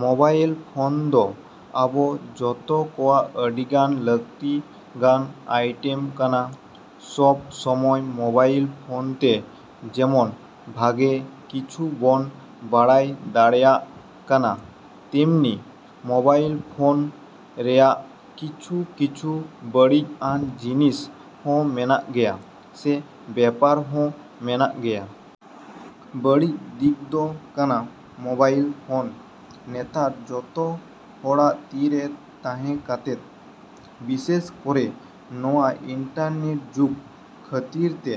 Mobile phone ᱫᱚ ᱟᱵᱚ ᱡᱚᱛᱚ ᱠᱚᱣᱟᱜ ᱟᱹᱰᱤᱜᱟᱱ ᱞᱟᱹᱠᱛᱤ ᱜᱟᱱ ᱟᱭᱴᱮᱢ ᱠᱟᱱᱟ᱾ ᱥᱚᱵᱽ ᱥᱚᱢᱚᱭ ᱢᱳᱵᱟᱭᱤᱞ ᱯᱷᱳᱱ ᱛᱮ ᱡᱮᱢᱚᱱ ᱵᱷᱟᱹᱜᱮ ᱠᱤᱪᱷᱩ ᱵᱚᱱ ᱵᱟᱲᱟᱭ ᱫᱟᱲᱮᱭᱟᱜ ᱠᱟᱱᱟ, ᱛᱮᱢᱱᱤ ᱢᱳᱵᱟᱭᱤᱞ ᱯᱷᱳᱱ ᱨᱮᱭᱟᱜ ᱠᱤᱪᱷᱩᱼᱠᱤᱪᱷᱩ ᱵᱟᱹᱲᱤᱡ ᱟᱱ ᱡᱤᱱᱤᱥ ᱦᱚᱸ ᱢᱮᱱᱟᱜ ᱜᱮᱭᱟ ᱥᱮ ᱵᱮᱯᱟᱨ ᱦᱚᱸ ᱢᱮᱱᱟᱜ ᱜᱮᱭᱟ᱾ ᱵᱟᱹᱲᱤᱡ ᱫᱤᱠ ᱫᱚ ᱠᱟᱱᱟ ᱢᱳᱵᱟᱭᱤᱞ ᱯᱷᱳᱱ ᱱᱮᱛᱟᱨ ᱡᱚᱛᱚ ᱦᱚᱲᱟᱜ ᱛᱤᱨᱮ ᱛᱟᱸᱦᱮ ᱠᱟᱛᱮᱫ, ᱵᱤᱥᱮᱹᱥ ᱠᱚᱨᱮᱹ ᱱᱚᱣᱟ ᱤᱱᱴᱟᱨᱱᱮᱹᱴ ᱡᱩᱜᱽ ᱠᱷᱟᱹᱛᱤᱨ ᱛᱮ,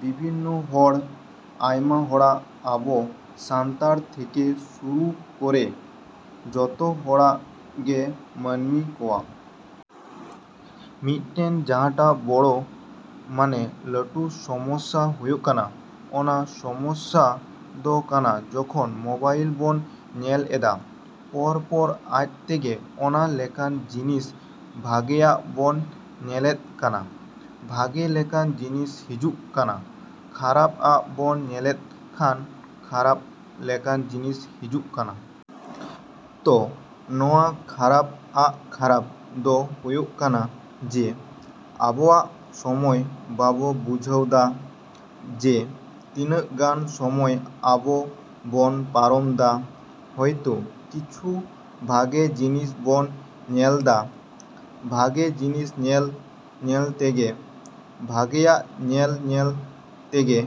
ᱵᱤᱵᱷᱤᱱᱱᱚ ᱦᱚᱲ, ᱟᱭᱢᱟ ᱦᱚᱲᱟᱜ, ᱟᱵᱚ ᱥᱟᱱᱛᱟᱲ ᱛᱷᱮᱹᱠᱮᱹ ᱥᱩᱨᱩ ᱠᱚᱨᱮᱹ ᱡᱚᱛᱚ ᱦᱚᱲᱟᱜ ᱜᱮ ᱢᱟᱹᱱᱢᱤ ᱠᱚᱣᱟᱜ ᱢᱤᱫᱴᱮᱱ ᱡᱟᱸᱦᱟᱴᱟᱜ ᱵᱚᱲᱚ ᱢᱟᱱᱮ ᱞᱟᱹᱴᱩ ᱥᱚᱢᱚᱥᱥᱟ ᱦᱩᱭᱩᱜ ᱠᱟᱱᱟ, ᱚᱱᱟ ᱥᱚᱢᱚᱥᱥᱟ ᱫᱚ ᱠᱟᱱᱟ ᱡᱚᱠᱷᱚᱱ ᱢᱳᱵᱟᱭᱤᱞ ᱵᱚᱱ ᱧᱮᱞ ᱮᱫᱟ, ᱯᱚᱨ ᱯᱚᱨ ᱟᱡ ᱛᱮᱜᱮ ᱚᱱᱟ ᱞᱮᱠᱟᱱ ᱡᱤᱱᱤᱥ ᱵᱷᱟᱜᱮᱭᱟᱜ ᱵᱚᱱ ᱧᱮᱞᱮᱫ ᱠᱷᱟᱱ ᱵᱷᱟᱹᱜᱮ ᱞᱮᱠᱟᱱ ᱡᱤᱱᱤᱥ ᱦᱤᱡᱩᱜ ᱠᱟᱱᱟ, ᱠᱷᱟᱨᱟᱯ ᱟᱜ ᱵᱚᱱ ᱧᱮᱞᱮᱫ ᱠᱷᱟᱱ ᱠᱷᱟᱨᱟᱯ ᱞᱮᱠᱟᱱ ᱡᱤᱱᱤᱥ ᱦᱤᱡᱩᱜ ᱠᱟᱱᱟ᱾ ᱛᱚ ᱱᱚᱣᱟ ᱠᱷᱟᱨᱟᱯ ᱟᱜ ᱠᱷᱟᱨᱟᱯ ᱫᱚ ᱦᱩᱭᱩᱜ ᱠᱟᱱᱟ ᱡᱮ ᱟᱵᱚᱣᱟᱜ ᱥᱚᱢᱚᱭ ᱵᱟᱵᱚ ᱵᱩᱡᱷᱟᱹᱣ ᱫᱟ, ᱡᱮ ᱛᱤᱱᱟᱹᱜ ᱜᱟᱱ ᱥᱚᱢᱚᱭ ᱟᱵᱚ ᱵᱚᱱ ᱯᱟᱨᱚᱢ ᱫᱟ᱾ ᱦᱚᱭᱛᱚ ᱠᱤᱪᱷᱩ ᱵᱷᱟᱹᱜᱮ ᱡᱤᱱᱤᱥ ᱵᱚᱱ ᱧᱮᱞᱫᱟ, ᱵᱷᱟᱹᱜᱮ ᱡᱤᱱᱤᱥ ᱧᱮᱞ ᱧᱮᱞᱛᱮᱜᱮ, ᱵᱷᱟᱜᱮᱭᱟᱜ ᱧᱮᱞᱼᱧᱮᱞ ᱛᱮᱜᱮ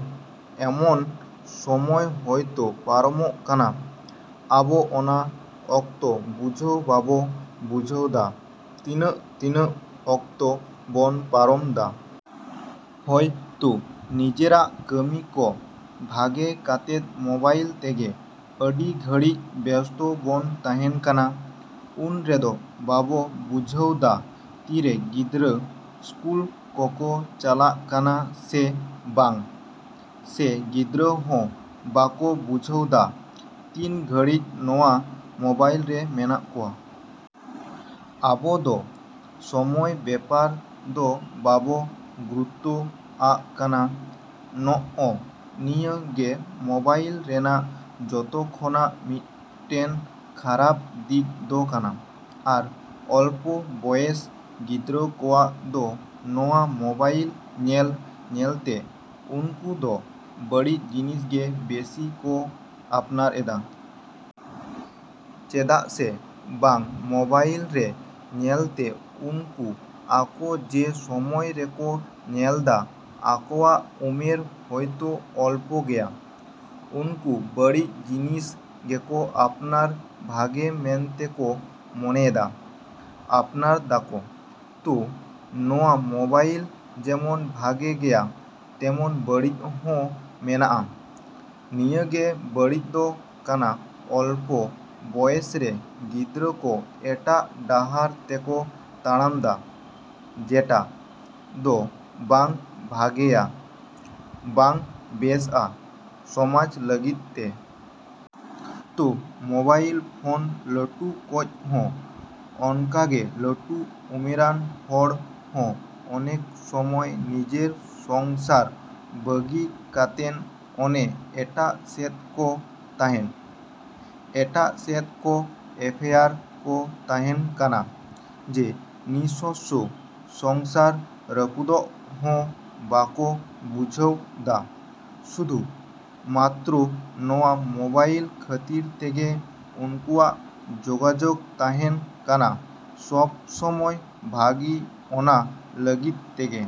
ᱮᱢᱚᱱ ᱥᱚᱢᱚᱭ ᱦᱚᱭᱛᱚ ᱯᱟᱨᱚᱢᱚᱜ ᱠᱟᱱᱟ, ᱟᱵᱚ ᱚᱱᱟ ᱚᱠᱛᱚ ᱵᱩᱡᱷᱟᱹᱣ ᱵᱟᱵᱚ ᱵᱩᱡᱷᱟᱹᱣ ᱫᱟ ᱛᱤᱱᱟᱹᱜ ᱛᱤᱱᱟᱹᱜ ᱚᱠᱛᱚ ᱵᱚᱱ ᱯᱟᱨᱚᱢ ᱫᱟ᱾ ᱦᱚᱭ ᱛᱳ ᱱᱤᱡᱮᱨᱟᱜ ᱠᱟᱹᱢᱤ ᱠᱚ ᱵᱟᱹᱜᱮ ᱠᱟᱛᱮᱫ ᱢᱳᱵᱟᱭᱤᱞ ᱛᱮᱜᱮ ᱟᱹᱰᱤ ᱜᱷᱟᱹᱲᱤᱡ ᱵᱮᱥᱛᱚ ᱵᱚᱱ ᱛᱟᱸᱦᱮᱱ ᱠᱟᱱᱟ᱾ ᱩᱱ ᱨᱮᱫᱚ ᱵᱟᱵᱚ ᱵᱩᱡᱷᱟᱹᱣ ᱫᱟ ᱛᱤᱨᱮ ᱜᱤᱫᱽᱨᱟᱹ ᱥᱠᱩᱞ ᱠᱚᱠᱚ ᱪᱟᱞᱟᱜ ᱠᱟᱱᱟ ᱥᱮ ᱵᱟᱝ, ᱥᱮ ᱜᱤᱫᱽᱨᱟᱹ ᱦᱚᱸ ᱵᱟᱠᱚ ᱵᱩᱡᱷᱟᱹᱣ ᱫᱟ ᱛᱤᱱ ᱜᱷᱟᱹᱲᱤᱡ ᱱᱚᱣᱟ ᱢᱳᱵᱟᱭᱤᱞ ᱨᱮ ᱢᱮᱱᱟᱜ ᱠᱚᱣᱟ᱾ ᱟᱵᱚ ᱫᱚ ᱥᱚᱢᱚᱭ ᱵᱮᱯᱟᱨ ᱫᱚ ᱵᱟᱵᱚ ᱜᱩᱨᱩᱛᱛᱚ ᱟᱜ ᱠᱟᱱᱟ, ᱱᱚᱜᱼᱚ ᱱᱤᱭᱟᱹ ᱜᱮ ᱢᱳᱵᱟᱭᱤᱞ ᱨᱮᱱᱟᱜ ᱡᱚᱛᱚᱠᱷᱚᱱᱟᱜ ᱢᱤᱫᱴᱮᱱ ᱠᱷᱟᱨᱟᱯ ᱫᱤᱠ ᱫᱚ ᱠᱟᱱᱟ᱾ ᱟᱨ ᱚᱞᱯᱚ ᱵᱚᱭᱮᱥ ᱜᱤᱫᱽᱨᱟᱹ ᱠᱚᱣᱟᱜ ᱫᱚ ᱱᱚᱣᱟ ᱢᱳᱵᱟᱭᱤᱞ ᱧᱮᱞ ᱧᱮᱞᱛᱮ ᱩᱱᱠᱩ ᱫᱚ ᱵᱟᱹᱲᱤᱡ ᱡᱤᱱᱤᱥ ᱜᱮ ᱵᱮᱥᱤ ᱠᱚ ᱟᱯᱱᱟᱨ ᱮᱫᱟ᱾ ᱪᱮᱫᱟᱜ ᱥᱮ ᱵᱟᱝ ᱢᱳᱵᱟᱭᱤᱞ ᱨᱮ ᱧᱮᱞᱛᱮ ᱩᱱᱠᱩ ᱟᱠᱚ ᱡᱮ ᱥᱚᱢᱚᱭ ᱨᱮᱠᱚ ᱧᱮᱞᱫᱟ ᱟᱠᱚᱣᱟᱜ ᱩᱢᱮᱨ ᱦᱚᱭᱛᱚ ᱚᱞᱯᱚ ᱜᱮᱭᱟ᱾ ᱩᱱᱠᱩ ᱵᱟᱹᱲᱤᱡ ᱡᱤᱱᱤᱥ ᱜᱮᱠᱚ ᱟᱯᱱᱟᱨ ᱵᱷᱟᱹᱜᱮ ᱢᱮᱱᱛᱮᱠᱚ ᱢᱚᱱᱮᱭᱮᱫᱟ, ᱟᱯᱱᱟᱨ ᱫᱟᱠᱚ᱾ ᱛᱳ ᱱᱚᱣᱟ ᱢᱳᱵᱟᱭᱤᱞ ᱡᱮᱢᱚᱱ ᱵᱷᱟᱹᱜᱮ ᱜᱮᱭᱟ ᱛᱮᱢᱚᱱ ᱵᱟᱹᱲᱤᱡ ᱦᱚᱸ ᱢᱮᱱᱟᱜᱼᱟ, ᱱᱤᱭᱟᱹ ᱜᱮ ᱵᱟᱹᱲᱤᱡ ᱫᱚ ᱠᱟᱱᱟ ᱚᱞᱯᱚ ᱵᱚᱭᱮᱥᱨᱮ ᱜᱤᱫᱽᱨᱟᱹ ᱠᱚ ᱮᱴᱟᱜ ᱰᱟᱦᱟᱨ ᱛᱮᱠᱚ ᱛᱟᱲᱟᱢ ᱫᱟ, ᱡᱮᱴᱟ ᱫᱚ ᱵᱟᱝ ᱵᱷᱟᱹᱜᱮᱭᱟ, ᱵᱟᱝ ᱵᱮᱥᱼᱟ ᱥᱚᱢᱟᱡᱽ ᱞᱟᱹᱜᱤᱫ ᱛᱮ᱾ ᱛᱳ ᱢᱳᱵᱟᱭᱤᱞ ᱯᱷᱳᱱ ᱞᱟᱹᱴᱩ ᱠᱚᱡ ᱦᱚᱸ ᱚᱱᱠᱟᱜᱮ ᱞᱟᱹᱴᱩ ᱩᱢᱮᱨᱟᱱ ᱦᱚᱲ ᱦᱚᱸ ᱚᱱᱮᱠ ᱥᱚᱢᱚᱭ ᱱᱤᱡᱮᱨ ᱥᱚᱝᱥᱟᱨ ᱵᱟᱹᱜᱤ ᱠᱟᱛᱮᱱ ᱚᱱᱮ ᱮᱴᱟᱜ ᱥᱮᱫ ᱠᱚ ᱛᱟᱸᱦᱮᱱ, ᱮᱴᱟᱜ ᱥᱮᱫ ᱠᱚ ᱮᱯᱷᱮᱭᱟᱨ ᱠᱚ ᱛᱟᱸᱦᱮᱱ ᱠᱟᱱᱟ, ᱡᱮ ᱱᱤᱥᱚᱥᱥᱚ ᱥᱚᱝᱥᱟᱨ ᱨᱟᱹᱯᱩᱫᱚᱜ ᱦᱚᱸ ᱵᱟᱠᱚ ᱵᱩᱡᱷᱟᱹᱣ ᱫᱟ, ᱥᱩᱫᱷᱩ ᱢᱟᱛᱨᱚ ᱱᱚᱣᱟ ᱢᱳᱵᱟᱭᱤᱞ ᱠᱷᱟᱹᱛᱤᱨ ᱛᱮᱜᱮ ᱩᱱᱠᱩᱣᱟᱜ ᱡᱳᱜᱟᱡᱳᱜᱽ ᱛᱟᱸᱦᱮᱱ ᱠᱟᱱᱟ ᱥᱚᱵᱽ ᱥᱚᱢᱚᱭ ᱵᱷᱟᱹᱜᱤ ᱚᱱᱟ ᱞᱟᱹᱜᱤᱫ ᱛᱮᱜᱮ᱾